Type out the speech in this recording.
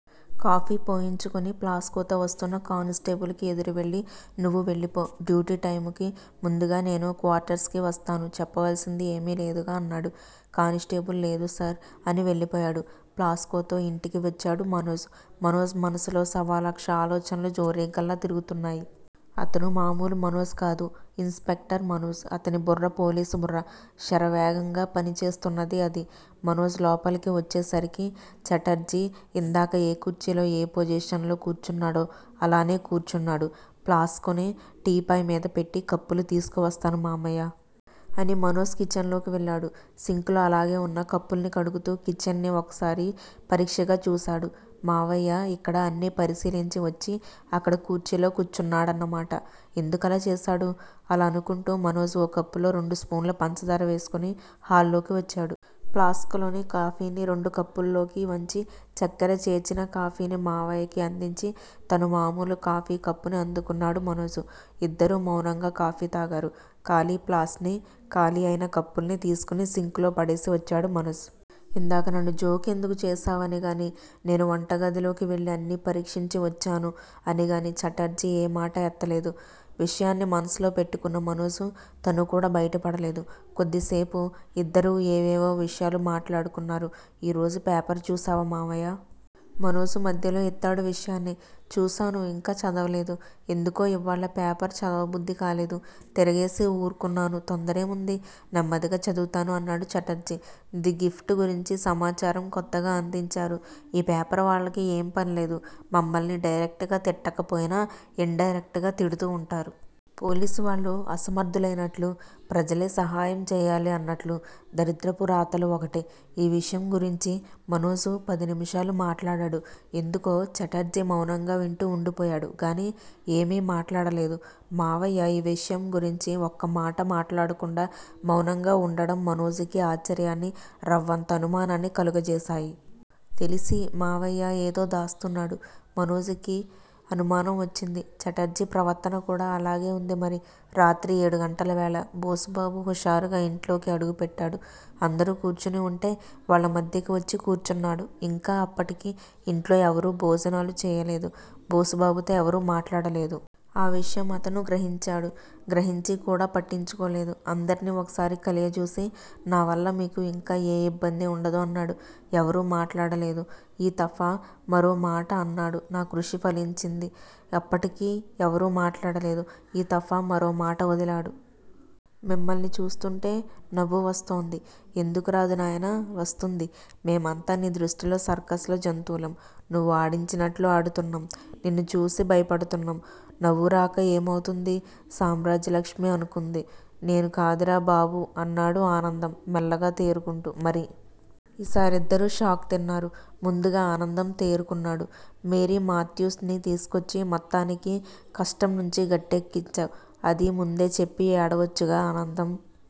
Coffee పోయించుకుని flask తో వస్తున్న కానిస్టేబుల్ కి ఎదురు వెళ్ళి నువ్వు వెళ్ళిపో! డ్యూటీ టైముకి ముందుగా నేను క్వార్టర్స్ కి వస్తాను చెప్పవలసింది ఏమీ లేదుగా అన్నాడు. కానిస్టేబుల్ లేదు సార్! అని వెళ్ళిపోయాడు. ప్లాస్క్ తో ఇంట్లోకి వచ్చాడు మనోజ్. మనోజ్ మనస్సులో సవాలక్ష ఆలోచనలు జోరీగల్లా తిరుగుతున్నాయి. అతను మామూలు మనోజ్ కాదు. Inspector Manoj. అతని బుర్ర పోలీసుబుర్ర. శరవేగంగా పనిచేస్తున్నది అది. మనోజ్ లోపలికి వచ్చేసరికి, ఛటర్జీ ఇందాక ఏ కుర్చీలో, ఏ పొజిషన్ లో కూర్చున్నాడో అలానే కూర్చున్నాడు. ప్లాస్క్ ని టీపాయ్ మీద పెట్టి కప్పులు తీసుకు వస్తాను మావయ్యా! అని మనోజ్ కిచెన్ లోకి వెళ్ళాడు. సింక్ లో అలాగే వున్న కప్పుల్ని కడుగుతూ కిచెన్ ని ఒకసారి పరీక్షగా చూశాడు. మావయ్య ఇక్కడ అన్నీ పరిశీలించి వచ్చి అక్కడ కుర్చీలో కూచున్నాడన్నమాట. ఎందుకలా చేశాడు? అలా అనుకుంటూ మనోజ్ ఓ కప్పులో రెండు స్పూన్ల పంచదార వేసుకుని హాల్లోకి వచ్చాడు. ప్లాస్క్ లోని కాఫీని రెండు కప్పుల్లోకి వంచి చక్కర చేర్చిన కాఫీని మావయ్యకి అందించి, తను మామూలు కాఫీ కప్పుని అందుకున్నాడు మనోజు. ఇద్దరూ మౌనంగా కాఫీ తాగారు. ఖాళీ ప్లాస్ ని, ఖాళీ అయిన కప్పుల్ని తీసుకుని సింక్ లో పడేసి వచ్చాడు మనోజ్. ఇందాక నన్ను జోక్ ఎందుకు చేశావని గాని, నేను వంటగదిలోకి వెళ్ళి అన్ని పరీక్షించి వచ్చాను అని గాని ఛటర్జీ ఏమాటా ఎత్తలేదు. విషయాన్ని మనసులో పెట్టుకున్న మనోజు తను కూడా బయటపడలేదు. కొద్దిసేపు ఇద్దరూ ఏవేవో విషయాలు మాట్లాడుకున్నారు. ఈ రోజు పేపర్ చూశావా మావయ్యా! మనోజు మధ్యలో ఎత్తాడు విషయాన్ని. చూశాను ఇంకా చదవలేదు. ఎందుకో ఇవ్వాళ్ళ పేపర్ చదవబుద్ధికాలేదు. తిరగేసి ఊరుకున్నాను తొందరేముంది? నెమ్మదిగా చదువుతాను అన్నాడు ఛటర్జీ. ది గిఫ్ట్ గురించి సమాచారం కొత్తగా అందించారు. ఈ పేపర్ వాళ్ళకి ఏం పనిలేదు. మమ్మల్ని డైరెక్ట్ గా తిట్టకపోయినా, ఇండైరెక్ట్ గా తిడుతూ వుంటారు. పోలీసు వాళ్లు అసమర్దులైనట్లూ. ప్రజలే సహాయం చెయ్యాలి అన్నట్లు దరిద్రపు రాతలు ఒకటి ఈ విషయం గురించీ మనోజు పది నిముషాలు మాట్లాడాడు. ఎందుకో ఛటర్జీ మౌనంగా వింటూ వుండిపోయాడు గానీ, ఏమీ మాట్లాడలేదు. మావయ్య ఈ విషయం గురించి ఒక్కమాటా మాట్లాడకుండా మౌనంగా వుండడం మనోజుకి ఆశ్చర్యాన్ని రవ్వంత అనుమానాన్ని కలుగజేసాయి. తెలిసీ మావయ్య ఏదో దాస్తున్నాడు. మనోజుకి అనుమానం వచ్చింది. ఛటర్జీ ప్రవర్తన కూడా అలాగే వుంది మరి. రాత్రి ఏడుగంటల వేళ. బోసుబాబు హుషారుగా ఇంట్లోకి అడుగుపెట్టాడు. అందరూ కూర్చునివుంటే వాళ్ళ మధ్యకి వచ్చి కూర్చున్నాడు. ఇంకా అప్పటికి ఇంట్లో ఎవరూ భోజనాలు చెయ్యలేదు. బోసుబాబుతో ఎవరూ మాట్లాడలేదు. ఆ విషయం అతను గ్రహించాడు. గ్రహించి కూడా పట్టించుకోలేదు. అందర్నీ ఒకసారి కలయజూసి నా వల్ల మీకు ఇంకా ఏ ఇబ్బంది ఉండదు! అన్నాడు. ఎవరూ మాట్లాడలేదు. ఈ తఫా మరో మాట అన్నాడు. నా కృషి ఫలించింది! అప్పటికీ ఎవరూ మాట్లాడలేదు. ఈ తఫా మరో మాట వదిలాడు. మిమ్మల్ని చూస్తూంటే నవ్వు వస్తోంది. ఎందుకు రాదు నాయనా! వస్తుంది. మేమంతా నీ దృష్టిలో సర్కస్ లో జంతువులం, నువ్వు ఆడించినట్లు ఆడుతున్నాం. నిన్ను చూసి భయపడుతున్నాం. నవ్వు రాక ఏమవుతుంది సామ్రాజ్యలక్ష్మి అనుకుంది. నేను కాదురా బాబూ అన్నాడు ఆనందం మెల్లగా తేరుకుంటూ. మరి?! ఈసారి ఇద్దరూ షాక్ తిన్నారు. ముందుగా ఆనందం తేరుకున్నాడు. మేరీమాథ్యూస్ ని తీసుకొచ్చి మొత్తానికి కష్టం నుంచి గట్టెక్కించావ్. అది ముందే చెప్పి ఏడవొచ్చుగా? ఆనందం